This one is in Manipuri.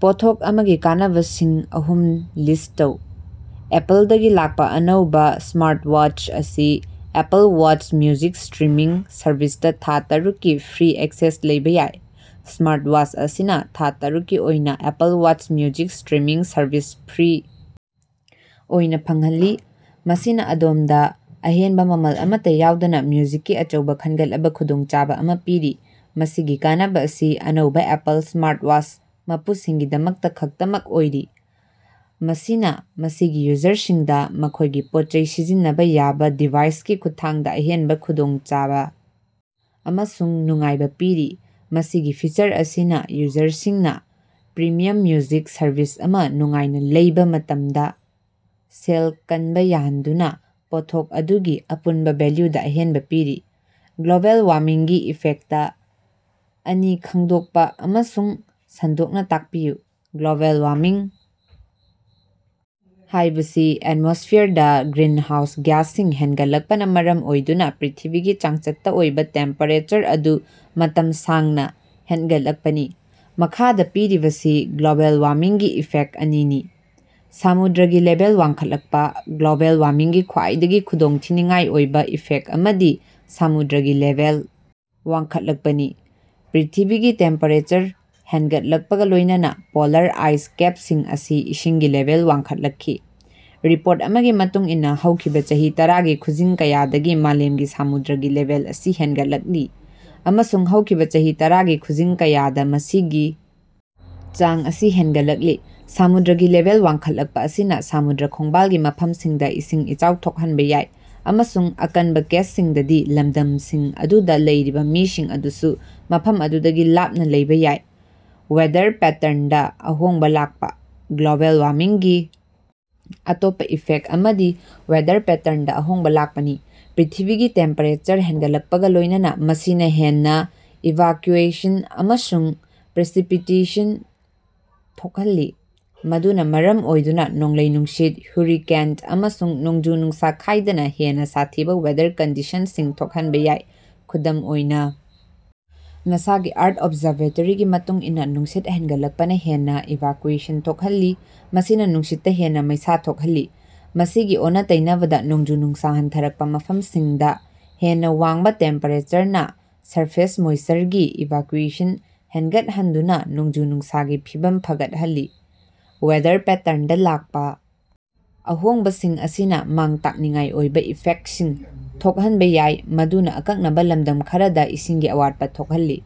ꯄꯣꯠꯊꯣꯛ ꯑꯃꯒꯤ ꯀꯥꯟꯅꯕꯁꯤꯡ ꯑꯍꯨꯝ ꯂꯤꯁ꯭ꯠ ꯇꯧ꯫ ꯑꯦꯄꯜꯗꯒꯤ ꯂꯥꯛꯄ ꯑꯅꯧꯕ ꯁ꯭ꯃꯥꯔꯠꯋꯥꯆ ꯑꯁꯤ ꯑꯦꯄꯜ ꯋꯥꯆ ꯃꯤꯎꯖꯤꯛ ꯁ꯭ꯇ꯭ꯔꯤꯃꯤꯡ ꯁꯔꯚꯤꯁꯇ ꯊꯥ ꯇꯔꯨꯛꯀꯤ ꯐ꯭ꯔꯤ ꯑꯦꯛꯁꯦꯁ ꯂꯩꯕ ꯌꯥꯏ꯫ ꯁ꯭ꯃꯥꯔꯠꯋꯥꯆ ꯑꯁꯤꯅ ꯊꯥ ꯇꯔꯨꯛꯀꯤ ꯑꯣꯏꯅ Apple watch music streaming service free ꯑꯣꯏꯅ ꯐꯪꯍꯜꯂꯤ, ꯃꯁꯤꯅ ꯑꯗꯣꯝꯗ ꯑꯍꯦꯟꯕ ꯃꯃꯜ ꯑꯃꯠꯇ ꯌꯥꯎꯗꯅ ꯃ꯭ꯌꯨꯖꯤꯛꯀꯤ ꯑꯆꯧꯕ ꯈꯟꯒꯠꯂꯕ ꯈꯨꯗꯣꯡꯆꯥꯕ ꯑꯃ ꯄꯤꯔꯤ꯫ ꯃꯁꯤꯒꯤ ꯀꯥꯟꯅꯕ ꯑꯁꯤ ꯑꯅꯧꯕ ꯑꯦꯄꯜ ꯁ꯭ꯃꯥꯔꯠꯋꯥꯆ ꯃꯄꯨꯁꯤꯡꯒꯤꯗꯃꯛꯇ ꯈꯛꯇꯃꯛ ꯑꯣꯏꯔꯤ, ꯃꯁꯤꯅꯥꯃꯁꯤꯒꯤ ꯌꯨꯖꯔꯁꯤꯡꯗ ꯃꯈꯣꯏꯒꯤ ꯄꯣꯠꯆꯩ ꯁꯤꯖꯤꯟꯅꯕ ꯌꯥꯕꯥ ꯗꯤꯚꯥꯏꯁꯀꯤ ꯈꯨꯠꯊꯥꯡꯗ ꯑꯍꯦꯟꯕ ꯈꯨꯗꯣꯡꯆꯥꯕ ꯑꯃꯁꯨꯡ ꯅꯨꯡꯉꯥꯏꯕ ꯄꯤꯔꯤ꯫ ꯃꯁꯤꯒꯤ ꯐꯤꯆꯔ ꯑꯁꯤꯅ ꯌꯨꯖꯔꯁꯤꯡꯅ ꯄ꯭ꯔꯤꯃꯤꯌꯥꯝ ꯃ꯭ꯌꯨꯖꯤꯛ ꯁꯔꯚꯤꯁ ꯑꯃ ꯅꯨꯡꯉꯥꯏꯅ ꯂꯧꯕ ꯃꯇꯝꯗ ꯁꯦꯜ ꯀꯅꯕ ꯌꯥꯍꯟꯗꯨꯅ ꯄꯣꯠꯊꯣꯛ ꯑꯗꯨꯒꯤ ꯑꯄꯨꯟꯕ ꯚꯦꯜꯌꯨꯗ ꯑꯍꯦꯟꯕ ꯄꯤꯔꯤ꯫ ꯒ꯭ꯂꯣꯕꯦꯜ ꯋꯥꯔꯃꯤꯡꯒꯤ ꯏꯐꯦꯛꯇ ꯑꯅꯤ ꯈꯪꯗꯣꯛꯄ ꯑꯃꯁꯨꯡ ꯁꯟꯗꯣꯛꯅ ꯇꯥꯛꯄꯤꯌꯨ꯫ ꯒ꯭ꯂꯣꯕꯦꯜ ꯋꯥꯔꯃꯤꯡ ꯍꯥꯏꯕꯁꯤ ꯑꯦꯠꯃꯣꯁ꯭ꯐꯤꯌꯔꯗ ꯒ꯭ꯔꯤꯟꯍꯥꯎꯁ ꯒ꯭ꯌꯥꯁꯁꯤꯡ ꯍꯦꯟꯒꯠꯂꯛꯄꯅ ꯃꯔꯝ ꯑꯣꯏꯗꯨꯅ ꯄ꯭ꯔꯤꯊꯤꯕꯤꯒꯤ ꯆꯥꯡꯆꯠꯇ ꯑꯣꯏꯕ ꯇꯦꯝꯄꯦꯔꯦꯆꯔ ꯑꯗꯨ ꯃꯇꯝ ꯁꯥꯡꯅ ꯍꯦꯟꯒꯠꯂꯛꯄꯅꯤ꯫ ꯃꯈꯥꯗ ꯄꯤꯔꯤꯕꯁꯤ ꯒ꯭ꯂꯣꯕꯦꯜ ꯋꯥꯔꯃꯤꯡꯒꯤ ꯏꯐꯦꯛꯇ ꯑꯅꯤꯅꯤ: ꯁꯃꯨꯗ꯭ꯔꯒꯤ ꯂꯦꯚꯦꯜ ꯋꯥꯡꯈꯠꯂꯛꯄ: ꯒ꯭ꯂꯣꯕꯦꯜ ꯋꯥꯔꯃꯤꯡꯒꯤ ꯈ꯭ꯋꯥꯏꯗꯒꯤ ꯈꯨꯗꯣꯡꯊꯤꯅꯤꯉꯥꯏ ꯑꯣꯏꯕ ꯏꯐꯦꯛꯇ ꯑꯃꯗꯤ ꯁꯃꯨꯗ꯭ꯔꯒꯤ ꯂꯦꯚꯦꯜ ꯋꯥꯡꯈꯠꯂꯛꯄꯅꯤ꯫ ꯄ꯭ꯔꯤꯊꯤꯕꯤꯒꯤ ꯇꯦꯝꯄꯦꯔꯦꯆꯔ ꯍꯦꯟꯒꯠꯂꯛꯄꯒ ꯂꯣꯏꯅꯅ ꯄꯣꯂꯥꯔ ꯑꯥꯏꯁ ꯀꯦꯞꯁꯤꯡ ꯑꯁꯤ ꯏꯁꯤꯡꯒꯤ ꯂꯦꯚꯦꯜ ꯋꯥꯡꯈꯠꯂꯛꯂꯤ꯫ ꯔꯤꯄꯣꯔꯠ ꯑꯃꯒꯤ ꯃꯇꯨꯡ ꯏꯟꯅ ꯍꯧꯈꯤꯕ ꯆꯍꯤ ꯇꯔꯥꯒꯤ ꯈꯨꯖꯤꯡ ꯀꯌꯥꯗꯒꯤ ꯃꯥꯂꯦꯝꯒꯤ ꯁꯃꯨꯗ꯭ꯔꯒꯤ ꯂꯦꯚꯦꯜ ꯑꯁꯤ ꯍꯦꯟꯒꯠꯂꯛꯂꯤ, ꯑꯃꯁꯨꯡ ꯍꯧꯈꯤꯕ ꯆꯍꯤ ꯇꯔꯥꯒꯤ ꯈꯨꯖꯤꯡ ꯀꯌꯥꯗ ꯃꯁꯤꯒꯤ ꯆꯥꯡ ꯑꯁꯤ ꯍꯦꯟꯒꯠꯂꯛꯂꯤ꯫ ꯁꯃꯨꯗ꯭ꯔꯒꯤ ꯂꯦꯚꯦꯜ ꯋꯥꯡꯈꯠꯂꯛꯄ ꯑꯁꯤꯅ ꯁꯃꯨꯗ꯭ꯔ ꯈꯣꯡꯕꯥꯜꯒꯤ ꯃꯐꯝꯁꯤꯡꯗ ꯏꯁꯤꯡ ꯏꯆꯥꯎ ꯊꯣꯛꯍꯟꯕ ꯌꯥꯏ, ꯑꯃꯁꯨꯡ ꯑꯀꯟꯕꯥ ꯀꯦꯁꯁꯤꯡꯗꯗꯤ, ꯂꯝꯗꯝꯁꯤꯡ ꯑꯗꯨꯗ ꯂꯩꯔꯤꯕ ꯃꯤꯁꯤꯡ ꯑꯗꯨꯁꯨ ꯃꯐꯝ ꯑꯗꯨꯗꯒꯤ ꯂꯥꯞꯅ ꯂꯩꯕ ꯌꯥꯏ꯫ ꯋꯦꯗꯔ ꯄꯦꯇꯔꯟꯗ ꯑꯍꯣꯡꯕ ꯂꯥꯛꯄ: ꯒ꯭ꯂꯣꯕꯦꯜ ꯋꯥꯔꯃꯤꯡꯒꯤ ꯑꯇꯣꯞꯄ ꯏꯐꯦꯛꯇ ꯑꯃꯗꯤ ꯋꯦꯗꯔ ꯄꯦꯇꯔꯟꯗ ꯑꯍꯣꯡꯕ ꯂꯥꯛꯄꯅꯤ꯫ ꯄ꯭ꯔꯤꯊꯤꯕꯤꯒꯤ ꯇꯦꯝꯄꯦꯔꯦꯆꯔ ꯍꯦꯟꯒꯠꯂꯛꯄꯒ ꯂꯣꯏꯅꯅ ꯃꯁꯤꯅ ꯍꯦꯟꯅ ꯏꯚꯥꯀ꯭ꯌꯨꯑꯦꯁꯟ ꯑꯃꯁꯨꯡ ꯄ꯭ꯔꯦꯁꯤꯄꯤꯇꯦꯁꯟ ꯊꯣꯛꯍꯜꯂꯤ, ꯃꯗꯨꯅ ꯃꯔꯝ ꯑꯣꯏꯗꯨꯅ ꯅꯣꯡꯂꯩ-ꯅꯨꯡꯁꯤꯠ, ꯍꯨꯔꯤꯀꯦꯟ, ꯑꯃꯁꯨꯡ ꯅꯣꯡꯖꯨ-ꯅꯨꯡꯁ ꯈꯥꯏꯗꯅ ꯍꯦꯟꯅ ꯁꯥꯊꯤꯕ ꯋꯦꯗꯔ ꯀꯟꯗꯤꯁꯟꯁꯤꯡ ꯊꯣꯛꯍꯟꯕ ꯌꯥꯏ꯫ ꯈꯨꯗꯝ ꯑꯣꯏꯅ, ꯅꯥꯁꯥꯒꯤ ꯑꯥꯔꯊ ꯑꯣꯕꯖꯔꯕꯦꯇꯔꯤꯒꯤ ꯃꯇꯨꯡ ꯏꯟꯅ, ꯅꯨꯡꯁꯤꯠ ꯍꯦꯟꯒꯠꯂꯛꯄꯅ ꯍꯦꯟꯅ ꯏꯚꯥꯀ꯭ꯌꯨꯑꯦꯁꯟ ꯊꯣꯛꯍꯜꯂꯤ, ꯃꯁꯤꯅ ꯅꯨꯡꯁꯤꯠꯇ ꯍꯦꯟꯅ ꯃꯩꯁ ꯊꯣꯛꯍꯜꯂꯤ꯫ ꯃꯁꯤꯒꯤ ꯑꯣꯟꯅ-ꯇꯩꯅꯕꯗ, ꯅꯣꯡꯖꯨ-ꯅꯨꯡꯁꯥ ꯍꯟꯊꯔꯛꯄ ꯃꯐꯝꯁꯤꯡꯗꯥꯡ, ꯍꯦꯟꯅ ꯋꯥꯡꯕ ꯇꯦꯝꯄꯦꯔꯦꯆꯔꯅ ꯁꯔꯐꯦꯁ ꯃꯣꯏꯁꯆꯔꯒꯤ ꯏꯚꯥꯀ꯭ꯌꯨꯑꯦꯁꯟ ꯍꯦꯟꯒꯠꯍꯟꯗꯨꯅ ꯅꯣꯡꯖꯨ-ꯅꯨꯡꯁꯥꯒꯤ ꯐꯤꯚꯝ ꯐꯒꯠꯍꯜꯂꯤ꯫ ꯋꯦꯗꯔ ꯄꯦꯇꯔꯟꯗ ꯂꯥꯛꯄ ꯑꯍꯣꯡꯕꯁꯤꯡ ꯑꯁꯤꯅ ꯃꯥꯡ-ꯇꯥꯛꯅꯤꯡꯉꯥꯏ ꯑꯣꯏꯕ ꯏꯐꯦꯛꯇꯁꯤꯡ ꯊꯣꯛꯍꯟꯕ ꯌꯥꯏ, ꯃꯗꯨꯅ ꯑꯀꯛꯅꯕ ꯂꯝꯗꯝ ꯈꯔꯗ ꯏꯁꯤꯡꯒꯤ ꯑꯋꯥꯠꯄꯥ ꯊꯣꯛꯍꯜꯂꯤ꯫